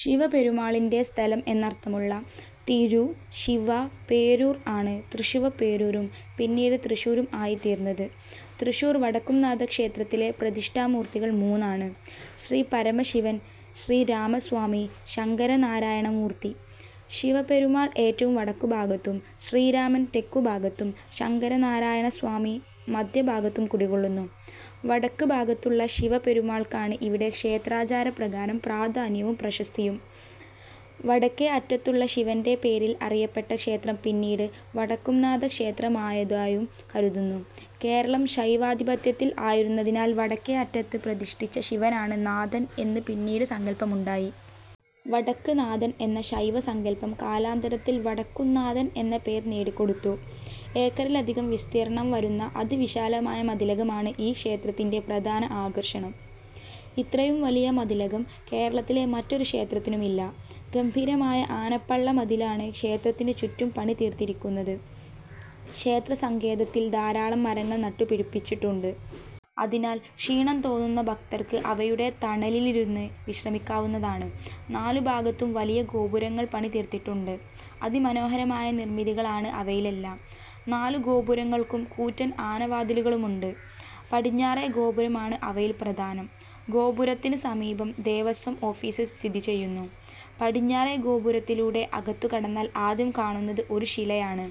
ശിവപെരുമാളിന്റെ സ്ഥലം എന്നർത്ഥമുള്ള തിരു-ശിവ-പേരൂർ ആണ് തൃശ്ശിവപേരൂരും പിന്നീട് തൃശ്ശൂരും ആയിതീർന്നത്. തൃശ്ശൂർ വടക്കുംനാഥക്ഷേത്രത്തിലെ പ്രതിഷ്ഠാമൂർത്തികൾ മൂന്നാണ്; ശ്രീപരമശിവൻ, ശ്രീരാമസ്വാമി ശങ്കരനാരായണമൂർത്തി. ശിവപെരുമാൾ ഏറ്റവും വടക്കുഭാഗത്തും ശ്രീരാമൻ തെക്കുഭാഗത്തും ശങ്കരനാരായണസ്വാമി മദ്ധ്യഭാഗത്തും കുടികൊള്ളുന്നു. വടക്കുഭാഗത്തുള്ള ശിവപ്പെരുമാൾക്കാണ് ഇവിടെ ക്ഷേത്രാചാരപ്രകാരം പ്രാധാന്യവും, പ്രശസ്തിയും. വടക്കേ അറ്റത്തുള്ള ശിവന്റെ പേരിൽ അറിയപ്പെട്ട ക്ഷേത്രം പിന്നീട് വടക്കുംനാഥക്ഷേത്രമായതായും കരുതുന്നു കേരളം ശൈവാധിപത്യത്തിൽ ആയിരുന്നതിനാൽ വടക്കെ അറ്റത്ത് പ്രതിഷ്ഠിച്ച ശിവനാണ് നാഥൻ എന്നു പിന്നീട് സങ്കല്പമുണ്ടായി. "വടക്ക് നാഥൻ" എന്ന ശൈവ സങ്കല്പം കാലാന്തരത്തിൽ വടക്കുന്നാഥൻ എന്ന പേർ നേടിക്കൊടുത്തു.. ഏക്കറിലധികം വിസ്തീർണ്ണം വരുന്ന അതിവിശാലമായ മതിലകമാണ് ഈ ക്ഷേത്രത്തിന്റെ പ്രധാന ആകർഷണം. ഇത്രയും വലിയ മതിലകം കേരളത്തിലെ മറ്റൊരു ക്ഷേത്രത്തിനുമില്ല. ഗംഭീരമായ ആനപ്പള്ളമതിലാണ് ക്ഷേത്രത്തിനുചുറ്റും പണിതീർത്തിരിയ്ക്കുന്നത്. ക്ഷേത്രസങ്കേതത്തിൽ ധാരാളം മരങ്ങൾ നട്ടുപിടിപ്പിച്ചിട്ടുണ്ട്. അതിനാൽ ക്ഷീണം തോന്നുന്ന ഭക്തർക്ക് അവയുടെ തണലിലിരുന്ന് വിശ്രമിയ്ക്കാവുന്നതാണ്. നാലുഭാഗത്തും വലിയ ഗോപുരങ്ങൾ പണിതീർത്തിട്ടുണ്ട്. അതിമനോഹരമായ നിർമ്മിതികളാണ് അവയിലെല്ലാം. നാലുഗോപുരങ്ങൾക്കും കൂറ്റൻ ആനവാതിലുകളുണ്ട്. പടിഞ്ഞാറേ ഗോപുരമാണ് അവയിൽ പ്രധാനം. ഗോപുരത്തിന് സമീപം ദേവസ്വം ഓഫീസ് സ്ഥിതിചെയ്യുന്നു. പടിഞ്ഞാറേ ഗോപുരത്തിലൂടെ അകത്തുകടന്നാൽ ആദ്യം കാണുന്നത് ഒരു ശിലയാണ്.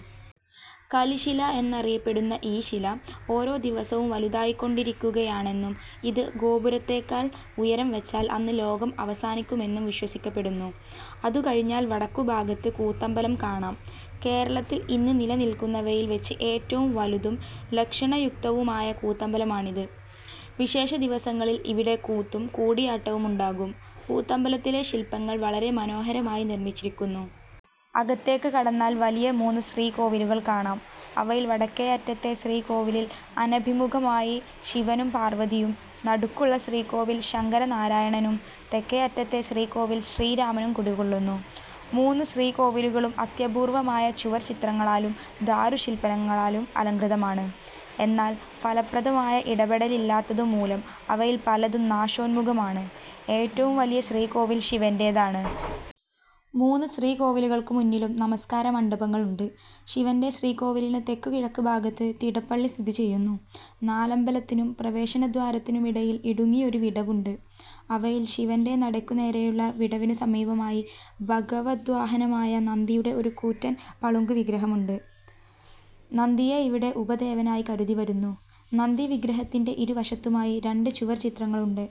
കലിശില എന്നറിയപ്പെടുന്ന ഈ ശില ഓരോ ദിവസവും വലുതായിക്കൊണ്ടിരിയ്ക്കുകയാണെന്നും ഇത് ഗോപുരത്തേക്കാൾ ഉയരം വച്ചാൽ അന്ന് ലോകം അവസാനിയ്ക്കുമെന്നും വിശ്വസിയ്ക്കപ്പെടുന്നു. അതുകഴിഞ്ഞാൽ വടക്കുഭാഗത്ത് കൂത്തമ്പലം കാണാം. കേരളത്തിൽ ഇന്ന് നിലനിൽക്കുന്നവയിൽ വച്ച് ഏറ്റവും വലുതും ലക്ഷണയുക്തവുമായ കൂത്തമ്പലമാണിത്. വിശേഷദിവസങ്ങളിൽ ഇവിടെ കൂത്തും കൂടിയാട്ടവുമുണ്ടാകും. കൂത്തമ്പലത്തിലെ ശില്പങ്ങൾ വളരെ മനോഹരമായി നിർമ്മിച്ചിരിയ്ക്കുന്നു. അകത്തേയ്ക്ക് കടന്നാൽ വലിയ മൂന്ന് ശ്രീകോവിലുകൾ കാണാം. അവയിൽ വടക്കേയറ്റത്തെ ശ്രീകോവിലിൽ അനഭിമുഖമായി ശിവനും പാർവ്വതിയും, നടക്കുള്ള ശ്രീകോവിലിൽ ശങ്കരനാരായണനും, തെക്കേയറ്റത്തെ ശ്രീകോവിലിൽ ശ്രീരാമനും കുടികൊള്ളുന്നു. മൂന്ന് ശ്രീകോവിലുകളും അത്യപൂർവ്വമായ ചുവർച്ചിത്രങ്ങളാലും ദാരുശില്പങ്ങളാലും അലംകൃതമാണ്. എന്നാൽ ഫലപ്രദമായ ഇടപെടലില്ലാത്തതുമൂലം അവയിൽ പലതും നാശോന്മുഖമാണ്. ഏറ്റവും വലിയ ശ്രീകോവിൽ ശിവന്റേതാണ്. മൂന്ന് ശ്രീകോവിലുകൾക്കുമുന്നിലും നമസ്കാരമണ്ഡപങ്ങളുണ്ട്. ശിവന്റെ ശ്രീകോവിലിന് തെക്കുകിഴക്കുഭാഗത്ത് തിടപ്പള്ളി സ്ഥിതി ചെയ്യുന്നു. നാലമ്പലത്തിനും പ്രവേശനദ്വാരത്തിനുമിടയിൽ ഇടുങ്ങിയ ഒരു വിടവുണ്ട്. അവയിൽ ശിവന്റെ നടയ്ക്കുനേരെയുള്ള വിടവിനുസമീപമായി ഭഗവദ്വാഹനമായ നന്തിയുടെ ഒരു കൂറ്റൻ പളുങ്കുവിഗ്രഹമുണ്ട്. നന്തിയെ ഇവിടെ ഉപദേവനായി കരുതിവരുന്നു. നന്തിവിഗ്രഹത്തിന്റെ ഇരുവശത്തുമായി രണ്ട് ചുവർച്ചിത്രങ്ങളുണ്ട്.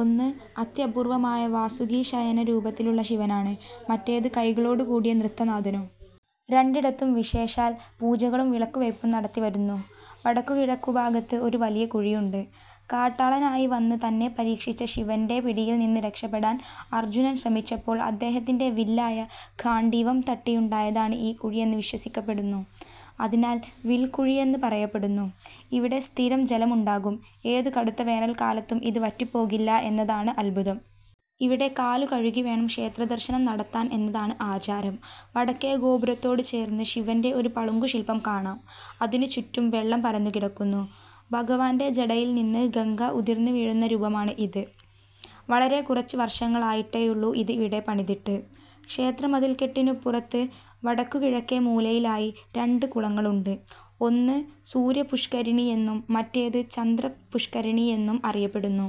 ഒന്ന്, അത്യപൂർവ്വമായ വാസുകീശയനരൂപത്തിലുള്ള ശിവനാണ്; മറ്റേത്, കൈകളോടുകൂടിയ നൃത്തനാഥനും. രണ്ടിടത്തും വിശേഷാൽ പൂജകളും വിളക്കുവയ്പും നടത്തിവരുന്നു. വടക്കുകിഴക്കുഭാഗത്ത് ഒരു വലിയ കുഴിയുണ്ട്. കാട്ടാളനായി വന്ന് തന്നെ പരീക്ഷിച്ച ശിവന്റെ പിടിയിൽ നിന്ന് രക്ഷപ്പെടാൻ അർജുനൻ ശ്രമിച്ചപ്പോൾ അദ്ദേഹത്തിന്റെ വില്ലായ ഗാണ്ഡീവം തട്ടിയുണ്ടായതാണ് ഈ കുഴിയെന്ന് വിശ്വസിയ്ക്കപ്പെടുന്നു. അതിനാൽ വിൽക്കുഴിയെന്ന് പറയപ്പെടുന്നു. ഇവിടെ സ്ഥിരം ജലമുണ്ടാകും. ഏത് കടുത്ത വേനൽക്കാലത്തും ഇത് വറ്റിപ്പോകില്ല എന്നതാണ് അത്ഭുതം. ഇവിടെ കാലുകഴുകിവേണം ക്ഷേത്രദർശനം നടത്താൻ എന്നതാണ് ആചാരം. വടക്കേ ഗോപുരത്തോടുചേർന്ന് ശിവന്റെ ഒരു പളുങ്കുശില്പം കാണാം. അതിനുചുറ്റും വെള്ളം പരന്നുകിടക്കുന്നു. ഭഗവാന്റെ ജടയിൽ നിന്ന് ഗംഗ ഉതിർന്നുവീഴുന്ന രൂപമാണ് ഇത്. വളരെ കുറച്ച് വർഷങ്ങളായിട്ടേയുള്ളൂ ഇത് ഇവിടെ പണിതിട്ട്. ക്ഷേത്രമതിൽക്കെട്ടിനുപുറത്ത് വടക്കുകിഴക്കേമൂലയിലായി രണ്ട് കുളങ്ങളുണ്ട്. ഒന്ന് സൂര്യപുഷ്കരിണിയെന്നും മറ്റേത് ചന്ദ്രപുഷ്കരിണിയെന്നും അറിയപ്പെടുന്നു.